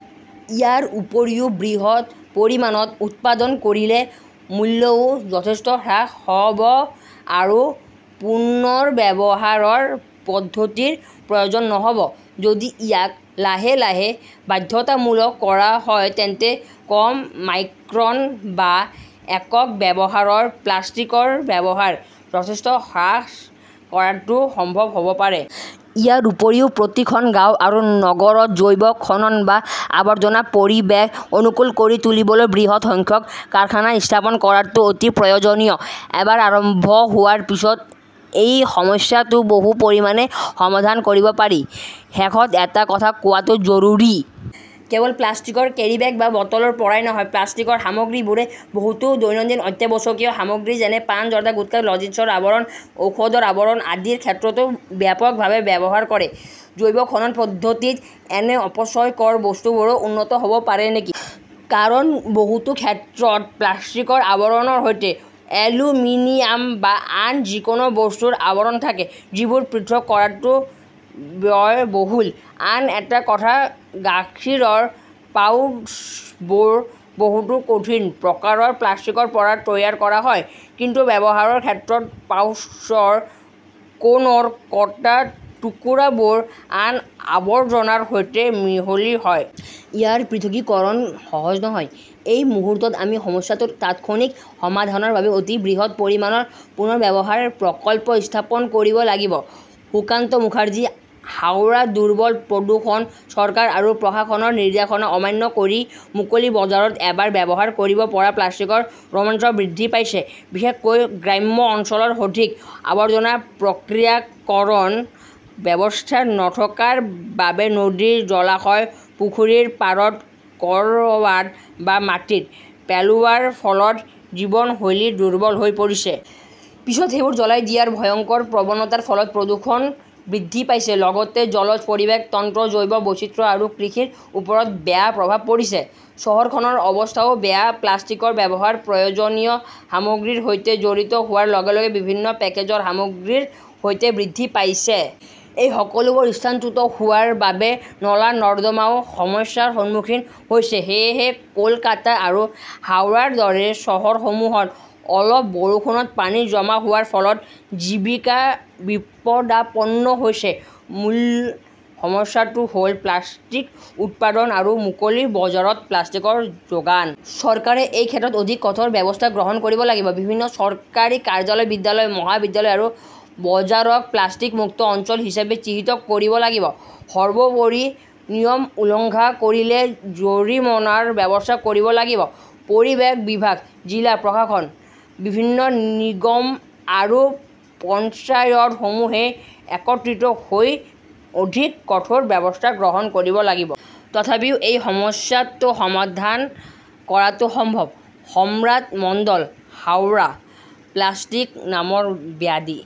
ইয়াৰ উপৰিও, বৃহৎ পৰিমাণত উৎপাদন কৰিলে মূল্যও যথেষ্ট হ্ৰাস হ "ব, আৰু পুনৰ্ব্যৱহাৰৰ পদ্ধতিৰ প্ৰয়োজন নহ" ব। যদি ইয়াক লাহে লাহে বাধ্যতামূলক কৰা হয় তেন্তে কম মাইক্ৰন বা 'একক ব্যৱহাৰৰ' প্লাষ্টিকৰ ব্যৱহাৰ যথেষ্ট হ্ৰাস কৰাটো সম্ভৱ হ 'ব পাৰে। ইয়াৰ উপৰিও প্ৰতিখন গাঁৱ আৰু নগৰত 'জৈৱ-খনন "বা আৱৰ্জনা পৰিৱেশ অনুকূল কৰি তুলিবলৈ বৃহৎ সংখ্যক কাৰখানা স্থাপন কৰাটো অতি প্ৰয়োজনীয়। এবাৰ আৰম্ভ হোৱাৰ পিছত এই সমস্যাটো বহু পৰিমাণে সমাধান কৰিব পাৰি। শেষত এটা কথা কোৱাটো জৰুৰী। কেৱল প্লাষ্টিকৰ কেৰিব্যাগ বা বটলৰ পৰাই নহয়, প্লাষ্টিকৰ সামগ্ৰীবোৰে বহুতো দৈনন্দিন অত্যাৱশ্যকীয় সামগ্ৰী যেনে পান, জৰ্দা, গুটকা, লজিন্সৰ আৱৰণ, ঔষধৰ আৱৰণ আদিৰ ক্ষেত্ৰতো ব্যাপকভাৱে ব্যৱহাৰ কৰে। জৈৱ খনন পদ্ধতিত এনে অপচয়কৰ বস্তুবোৰো উন্নত হ "ব পাৰে নেকি? কাৰণ, বহুতো ক্ষেত্ৰত প্লাষ্টিকৰ আৱৰণৰ সৈতে এলুমিনিয়াম বা আন যিকোনো বস্তুৰ আৱৰণ থাকে, যিবোৰ পৃথক কৰাটো ব্যয়বহুল। আন এটা কথা-গাখীৰৰ পাউচবোৰ বহুতো কঠিন প্ৰকাৰৰ প্লাষ্টিকৰ পৰা তৈয়াৰ কৰা হয়, কিন্তু ব্যৱহাৰৰ ক্ষেত্ৰত পাউচৰ কোণৰ কটা টুকুৰাবোৰ আন আৱৰ্জনাৰ সৈতে মিহলি হয়। ইয়াৰ পৃথকীকৰণ সহজ নহয়। এই মুহূৰ্তত আমি সমস্যাটোৰ তাৎক্ষণিক সমাধানৰ বাবে অতি বৃহৎ পৰিমাণৰ পুনৰ্ব্যৱহাৰ প্ৰকল্প স্থাপন কৰিব লাগিব। সুকান্ত মুখাৰ্জী, হাওৰা দুৰ্বল প্ৰদূষণ চৰকাৰ আৰু প্ৰশাসনৰ নিৰ্দেশনা অমান্য কৰি মুকলি বজাৰত এবাৰ ব্যৱহাৰ কৰিব পৰা প্লাষ্টিকৰ ৰোমাঞ্চ বৃদ্ধি পাইছে, বিশেষকৈ গ্ৰাম্য অঞ্চলত সঠিক আৱৰ্জনা প্ৰক্ৰিয়াকৰণ ব্যৱস্থা নথকাৰ বাবে নদী, জলাশয়, পুখুৰীৰ পাৰত, ক 'ৰবাত বা মাটিত পেলোৱাৰ ফলত জীৱনশৈলী দুৰ্বল হৈ পৰিছে। পিছত সেইবোৰ জ্বলাই দিয়াৰ ভয়ংকৰ প্ৰৱণতাৰ ফলত প্ৰদূষণ বৃদ্ধি পাইছে, লগতে জলজ পৰিৱেশ তন্ত্ৰ, জৈৱ বৈচিত্ৰ্য আৰু কৃষিৰ ওপৰত বেয়া প্ৰভাৱ পৰিছে। চহৰখনৰ অৱস্থাও বেয়া, প্লাষ্টিকৰ ব্যৱহাৰ প্ৰয়োজনীয় সামগ্ৰীৰ সৈতে জড়িত হোৱাৰ লগে লগে বিভিন্ন পেকেজৰ সামগ্ৰীৰ সৈতে বৃদ্ধি পাইছে। এই সকলোবোৰ স্থানচ্যুত হোৱাৰ বাবে নলা-নৰ্দমাও সমস্যাৰ সন্মুখীন হৈছে। সেয়েহে কলকাতা আৰু হাওৰাৰ দৰে চহৰসমূহত অলপ বৰষুণত পানী জমা হোৱাৰ ফলত জীৱিকা বিপদাপন্ন হৈছে। মূল সমস্যাটো হ "ল প্লাষ্টিক উৎপাদন আৰু মুকলি বজাৰত প্লাষ্টিকৰ যোগান। চৰকাৰে এই ক্ষেত্ৰত অধিক কঠোৰ ব্যৱস্থা গ্ৰহণ কৰিব লাগিব। বিভিন্ন চৰকাৰী কাৰ্যালয়, বিদ্যালয়, মহাবিদ্যালয় আৰু বজাৰক প্লাষ্টিক মুক্ত অঞ্চল হিচাপে চিহ্নিত কৰিব লাগিব। সৰ্বোপৰি, নিয়ম উলংঘা কৰিলে জৰিমনাৰ ব্যৱস্থা কৰিব লাগিব। পৰিৱেশ বিভাগ, জিলা প্ৰশাসন, বিভিন্ন নিগম আৰু পঞ্চায়তসমূহে একত্ৰিত হৈ অধিক কঠোৰ ব্যৱস্থা গ্ৰহণ কৰিব লাগিব। তথাপিও এই সমস্যাটো সমাধান কৰাটো সম্ভৱ। সম্ৰাট মণ্ডল, হাওৰা। প্লাষ্টিক নামৰ ব্যাধি